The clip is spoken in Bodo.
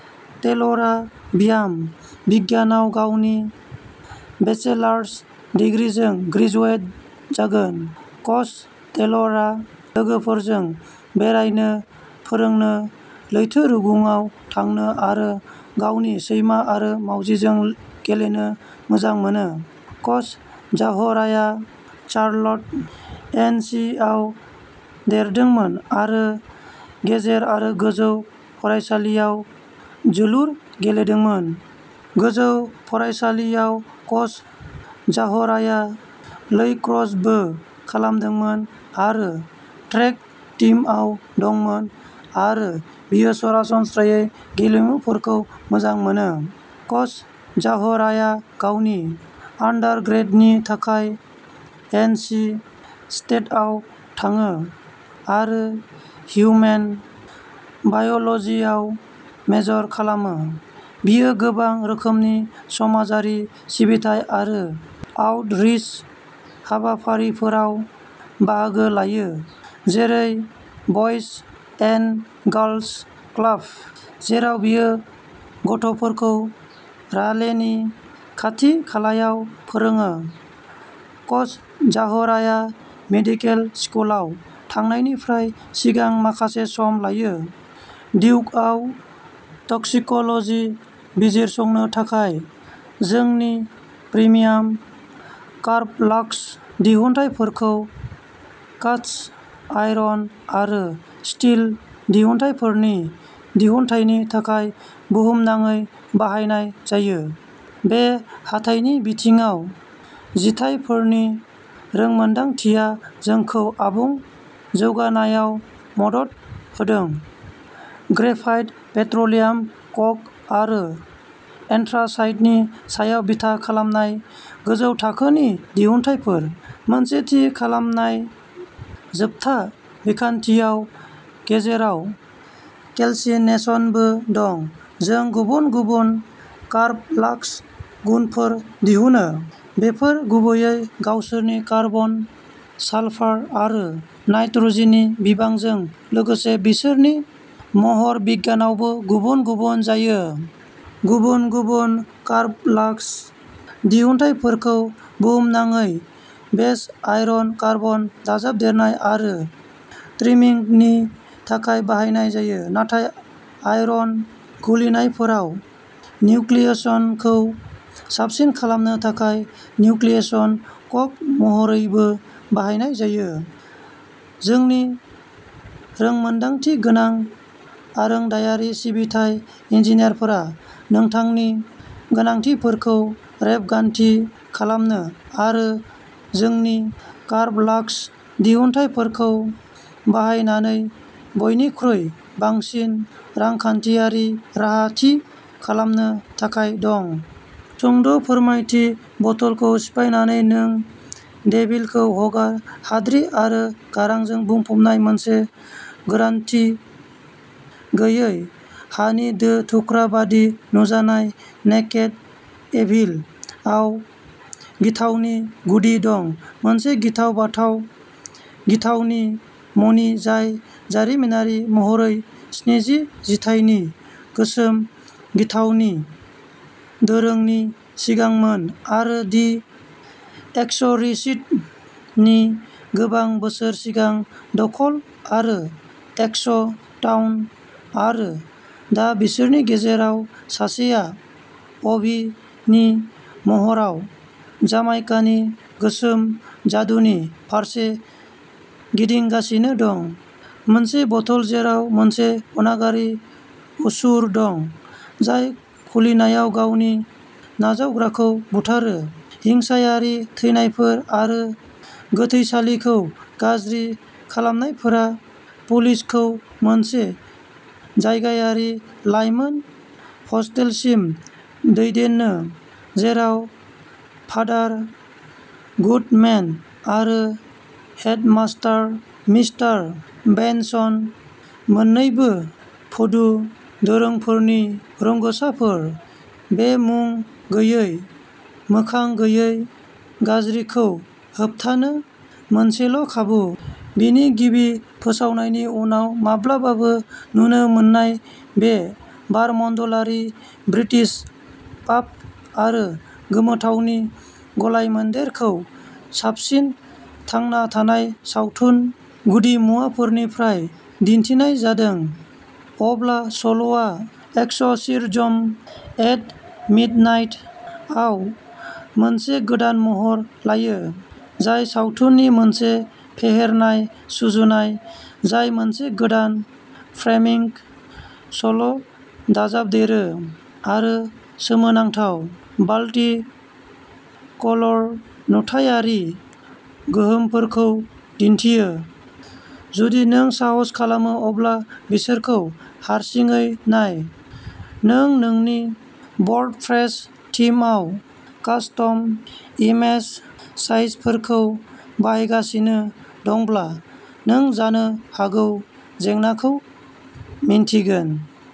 टेलरा बियाम बिगियानाव गावनि बेचेलार्स दिग्रिजों ग्रेजुवेट जागोन। कच टेलरा लोगोफोरजों बेरायनो, फोरोंनो, लैथो रुगुंआव थांनो आरो गावनि सैमा आरो मावजिजों गेलेनो मोजां मोनो। कच जाहराया शार्लट, एन. सि. आव देरदोंमोन आरो गेजेर आरो गोजौ फरायसालियाव जोलुर गेलेदोंमोन। गोजौ फरायसालिआव कच जाहराया लैक्रसबो खालामदोंमोन आरो ट्रेक टीमआव दंमोन आरो बियो सरासनस्रायै गेलेमुफोरखौ मोजां मोनो। कच जाहराया गावनि आन्डारग्रेडनि थाखाय एन. सि. स्टेटआव थाङो आरो हिउमेन बाय'लजीआव मेजर खालामो। बियो गोबां रोखोमनि समाजारि सिबिथाइ आरो आउटरीच हाबाफारिफोराव बाहागो लायो, जेरै बयज एन्ड गार्लस क्लाब, जेराव बियो गथ'फोरखौ रालेनि खाथि-खालायाव फोरोङो। कच जाहराया मेडिकेल स्कुलाव थांनायनिफ्राय सिगां माखासे सम लायो, डिउकआव टक्सिक'लजी बिजिरसंनो थाखाय। जोंनि प्रिमियाम कार्ब'लाक्स दिहुनथायफोरखौ कास्ट आयरन आरो स्टील दिहुनथायफोरनि दिहुनथायनि थाखाय बुहुमनाङै बाहायनाय जायो। बे हाथाइनि बिथिङाव जिथायफोरनि रोंमोनदांथिया जोंखौ आबुं जौगानायाव मदद होदों। ग्रेफाइट, पेट्र'लियाम क'क आरो एन्थ्रासाइटनि सायाव बिथा खालामनाय गोजौ थाखोनि दिहुनथायफोर। मोनसे थि खालामनाय जोबथा बिखान्थियाव, गेजेराव केल्सिनेशनबो दं, जों गुबुन गुबुन कार्ब'लाक्स गुनफोर दिहुनो। बेफोर गुबैयै गावसोरनि कार्बन, सालफार आरो नाइट्र'जेननि बिबांजों लोगोसे बिसोरनि महरबिगियानावबो गुबुन-गुबुन जायो। गुबुन-गुबुन कार्ब'लाक्स दिहुनथायफोरखौ बुहुमनाङै बेस आयरन कार्बन दाजाबदेरनाय आरो ट्रिमिंगनि थाखाय बाहायनाय जायो, नाथाय आयरन गलिनायफोराव निउक्लियेशनखौ साबसिन खालामनो थाखाय निउक्लियेशन क'क महरैबो बाहायनाय जायो। जोंनि रोंमोन्दांथिगोनां आरोंदायारि सिबिथाइ इन्जिनियारफोरा नोंथांनि गोनांथिफोरखौ रेबगान्थि खालामनो आरो जोंनि कार्ब'लाक्स दिहुनथायफोरखौ बाहायनानै बयनिख्रुइ बांसिन रांखान्थियारि राहा थि खालामनो थाखाय दं। सुंद'फोरमायथि, बथलखौ सिफायनानै नों डेभिलखौ हगार, हाद्रि आरो गांजों बुंफबनाय मोनसे गोरोनथि गैयै हानि दो-थुख्रा बायदि नुजानाय "नेकेड इभिल" आव गिथावनि गुदि दं, मोनसे गिथाव-बाथाव गिथावनि मणि जाय जारिमिनारि महरै स्निजि जिथाइनि गोसोम गिथावनि दोरोंनि सिगांमोन आरो "दि एक्स'रिसिस्ट" नि गोबां बोसोर सिगां दखल आरो एक्स' टाउन, आरो दा बिसोरनि गेजेराव सासेआ "अबी" नि महराव जामाइकानि गोसोम जादुनि फारसे गिदिंगासिनो दं। मोनसे बथल जेराव मोनसे अनागारि असुर दं, जाय खुलिनायाव गावनि नाजावग्राखौ बुथारो। हिंसायारि थैनायफोर आरो गोथैसालिखौ गाज्रि खालामनायफोरा पुलिसखौ मोनसे जायगायारि लाइमोन हस्टेलसिम दैदेनो, जेराव फादार गुडमेन आरो हेडमास्टार मिस्टार बेनसन मोननैबो भुडु दोरोंफोरनि रोंग'साफोर, बे मुं गैयै, मोखां गैयै गाज्रिखौ होबथानो मोनसेल'खाबु! बेनि गिबि फोसावनायनि उनाव माब्लाबासो नुनो मोननाय, बे बारमण्डलारि ब्रिटिश पाप आरो गोमोथावनि गलायमोन्देरखौ साबसिन थांना थानाय सावथुन गुदिमुवाफोरनिफ्राय दिन्थिनाय जादों। अब्ला सल'आ "एक्स'र्सिज्म एट मिडनाइट" आव मोनसे गोदान महर लायो, जाय सावथुननि मोनसे फेहेरनाय सुजुनाय जाय मोनसे गोदान फ्रेमिंग सल'दाजाबदेरो आरो सोमोनांथाव "भाल्टि-कलर" नुथायारि गोहोमफोरखौ दिन्थियो। जुदि नों साहस खालामो अब्ला बिसोरखौ हारसिङै नाय, नों नोंनि वर्डप्रेस थीमआव कास्टम इमेज साइजफोरखौ बाहायगासिनो दंब्ला नों जानो हागौ जेंनाखौ मिन्थिगोन।